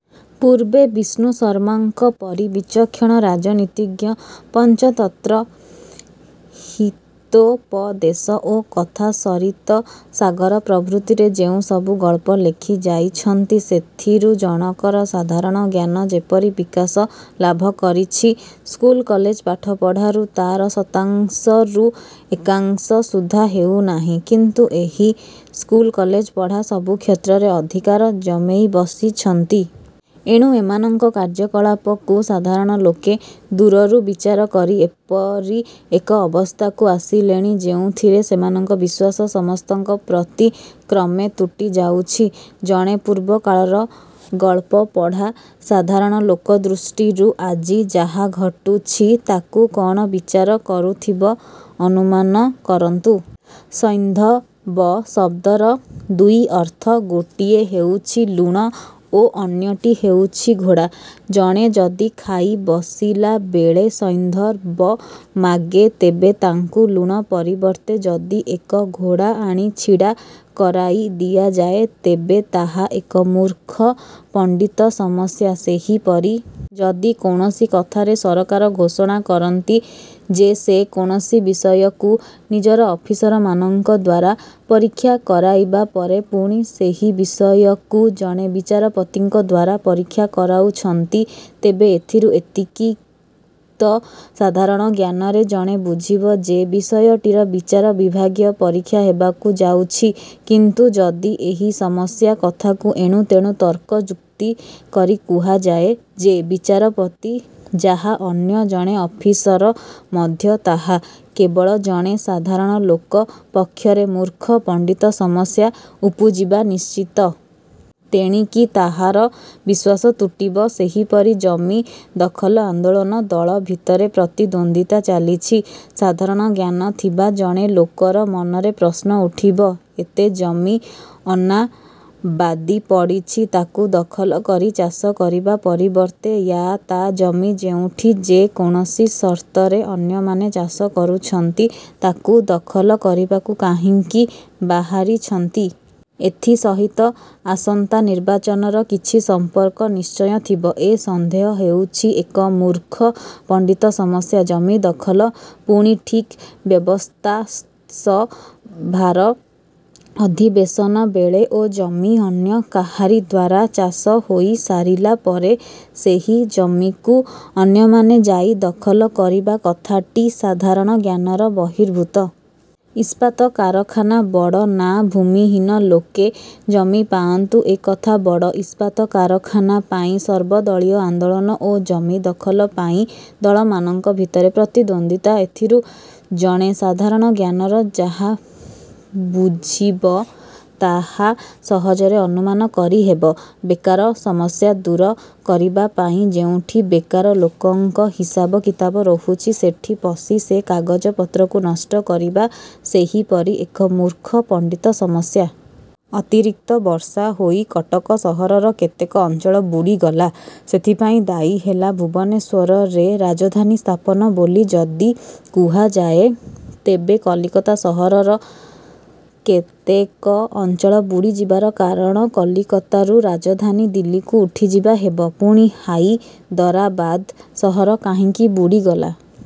ପୂର୍ବେ ବିଷ୍ଣୁ ଶର୍ମାଙ୍କ ପରି ବିଚକ୍ଷଣ ରାଜନୀତିଜ୍ଞ, ପଞ୍ଚତନ୍ତ୍ର ହିତୋପଦେଶ ଓ କଥା ସରିତ୍ ସାଗର ପ୍ରଭୃତିରେ ଯେଉଁ ସବୁ ଗଳ୍ପ ଲେଖି ଯାଇଛନ୍ତି, ସେଥିରୁ ଜଣକର ସାଧାରଣ ଜ୍ଞାନ ଯେପରି ବିକାଶ। ଲାଭକରିଛି, ସ୍କୁଲ କଲେଜ ପାଠପଢ଼ାରୁ ତା'ର ଶତାଂଶରୁ ଏକାଂଶ ସୁଦ୍ଧା ହେଉନାହିଁ; କିନ୍ତୁ ଏହି ସ୍କୁଲ କଲେଜ ପଢ଼ା ସବୁ କ୍ଷେତ୍ରରେ ଅଧିକାର ଜମେଇ ବସିଛନ୍ତି। ଏଣୁ ଏମାନଙ୍କ କାର୍ଯ୍ୟକଳାପକୁ ସାଧାରଣ ଲୋକେ ଦୂରରୁ ବିଚାର କରି ଏପରି ଏକ ଅବସ୍ଥାକୁ ଆସିଲେଣି; ଯେଉଁଥିରେ ସେମାନଙ୍କ ବିଶ୍ୱାସ ସମସ୍ତଙ୍କ ପ୍ରତି କ୍ରମେ ତୁଟିଯାଉଛି। ଜଣେ ପୂର୍ବକାଳର ଗଳ୍ପ ପଢ଼ା ସାଧାରଣ ଲୋକ ଦୃଷ୍ଟିରୁ ଆଜି ଯାହା ଘଟୁଛି ତାକୁ କଣ ବିଚାର କରୁଥିବ ଅନୁମାନ କରନ୍ତୁ। ସୈନ୍ଧବ ଶବ୍ଦର ଦୁଇ ଅର୍ଥ, ଗୋଟିଏ ହେଉଛି ଲୁଣ ଓ ଅନ୍ୟଟି ହେଉଛି ଘୋଡ଼ା। ଜଣେ ଯଦି ଖାଇବସିଲାବେଳେ ସୈନ୍ଧବ ମାଗେ, ତେବେ ତାଙ୍କୁ ଲୁଣ ପରିବର୍ତ୍ତେ ଯଦି ଏକ ଘୋଡ଼ା ଆଣି ଛିଡ଼ା କରାଇ ଦିଆଯାଏ ତେବେ ତାହା ଏକ ମୂର୍ଖପଣ୍ଡିତ ସମସ୍ୟା। ସେହିପରି ଯଦି କୌଣସି କଥାରେ ସରକାର ଘୋଷଣା କରନ୍ତି ଯେ ସେ କୌଣସି ବିଷୟକୁ ନିଜର ଅଫିସରମାନଙ୍କ ଦ୍ୱାରା ପରୀକ୍ଷା କରାଇବା ପରେ ପୁଣି ସେହି ବିଷୟକୁ ଜଣେ ବିଚାରପତିଙ୍କଦ୍ୱାରା ପରୀକ୍ଷା କରାଉଛନ୍ତି, ତେବେ ଏଥିରୁ ଏତିକି ତ ସାଧାରଣ ଜ୍ଞାନରେ ଜଣେ ବୁଝିବ ଯେ ବିଷୟଟିର ବିଚାର ବିଭାଗୀୟ ପରୀକ୍ଷା ହେବାକୁ ଯାଉଛି; କିନ୍ତୁ ଯଦି ଏହି ସମସ୍ୟା କଥାକୁ ଏଣୁ ତେଣୁ ତର୍କ ଯୁକ୍ତିକରି କୁହାଯାଏ ଯେ ବିଚାରପତି ଯାହା, ଅନ୍ୟ ଜଣେ ଅଫିସର ମଧ୍ୟ ତାହା, କେବଳ ଜଣେ ସାଧାରଣ ଲୋକ ପକ୍ଷରେ ମୂର୍ଖ ପଣ୍ଡିତ ସମସ୍ୟା ଉପୁଜିବା ନିଶ୍ଚିତ। ତେଣିକି ତାହାର ବିଶ୍ୱାସ ତୁଟିବ। ସେହିପରି ଜମି ଦଖଲ ଆନ୍ଦୋଳନ। ଦଳ ଭିତରେ ପ୍ରତିଦ୍ୱନ୍ଦ୍ୱିତା ଚାଲିଛି। ସାଧାରଣ ଜ୍ଞାନ ଥିବା ଜଣେ ଲୋକର ମନରେ ପ୍ରଶ୍ନ ଉଠିବ, ଏତେ ଜମି ଅନାବାଦି ପଡ଼ିଛି, ତାକୁ ଦଖଲ କରି ଚାଷ କରିବା ପରିବର୍ତ୍ତେ ୟା ତା' ଜମି ଯେଉଁଠି ଯେ କୌଣସି ସର୍ତ୍ତରେ ଅନ୍ୟମାନେ ଚାଷ କରୁଛନ୍ତି, ତାକୁ ଦଖଲ କରିବାକୁ କାହିଁକି ବାହାରିଛନ୍ତି? ଏଥି ସହିତ ଆସନ୍ତା ନିର୍ବାଚନର କିଛି ସମ୍ପର୍କ ନିଶ୍ଚୟ ଥିବ। ଏ ସନ୍ଦେହ ହେଉଛି ଏକ ମୂର୍ଖ ପଣ୍ଡିତ ସମସ୍ୟା। ଜମି ଦଖଲ ପୁଣି ଠିକ୍ ବ୍ୟବସ୍ଥାସଭାର ଅଧିବେଶନ ବେଳେ ଓ ଜମି ଅନ୍ୟ କାହାରି ଦ୍ୱାରା ଚାଷ ହୋଇସାରିଲା ପରେ ସେହି ଜମିକୁ ଅନ୍ୟମାନେ ଯାଇ ଦଖଲ କରିବା କଥାଟି ସାଧାରଣ ଜ୍ଞାନର ବହିର୍ଭୂତ। ଇସ୍ପାତ କାରଖାନା ବଡ଼ ନାଁ ଭୂମିହୀନ ଲୋକେ ଜମି ପାଆନ୍ତୁ ଏକଥା ବଡ଼? ଇସ୍ପାତ କାରଖାନା ପାଇଁ ସର୍ବଦଳୀୟ ଆନ୍ଦୋଳନ ଓ ଜମି ଦଖଲ ପାଇଁ ଦଳମାନଙ୍କ ଭିତରେ ପ୍ରତିଦ୍ୱନ୍ଦ୍ୱିତା ଏଥିରୁ ଜଣେ ସାଧାରଣ ଜ୍ଞାନର ଯାହା ବୁଝିବ ତାହା ସହଜରେ ଅନୁମାନ କରିହେବ। ବେକାର ସମସ୍ୟା ଦୂର କରିବା ପାଇଁ ଯେଉଁଠି ବେକାର ଲୋକଙ୍କ ହିସାବ କିତାବ ରହୁଛି, ସେଠି ପଶି ସେ କାଗଜ ପତ୍ରକୁ ନଷ୍ଟ କରିବା ସେହିପରି ଏକ ମୂର୍ଖ ପଣ୍ଡିତ ସମସ୍ୟା। ଅତିରିକ୍ତ ବର୍ଷାହୋଇ କଟକ ସହରର କେତେକ ଅଞ୍ଚଳ ବୁଡ଼ିଗଲା। ସେଥିପାଇଁ ଦାୟୀ ହେଲା ଭୁବନେଶ୍ୱରରେ ରାଜଧାନୀ ସ୍ଥାପନ ବୋଲି ଯଦି କୁହାଯାଏ, ତେବେ କଲିକତା ସହରର କେତେକ ଅଞ୍ଚଳ ବୁଡ଼ିଯିବାର କାରଣ କଲିକତାରୁ ରାଜଧାନୀ ଦିଲ୍ଲୀକୁ ଉଠିଯିବା ହେବ। ପୁଣି ହାଇଦରାବାଦ ସହର କାହିଁକି ବୁଡ଼ିଗଲା?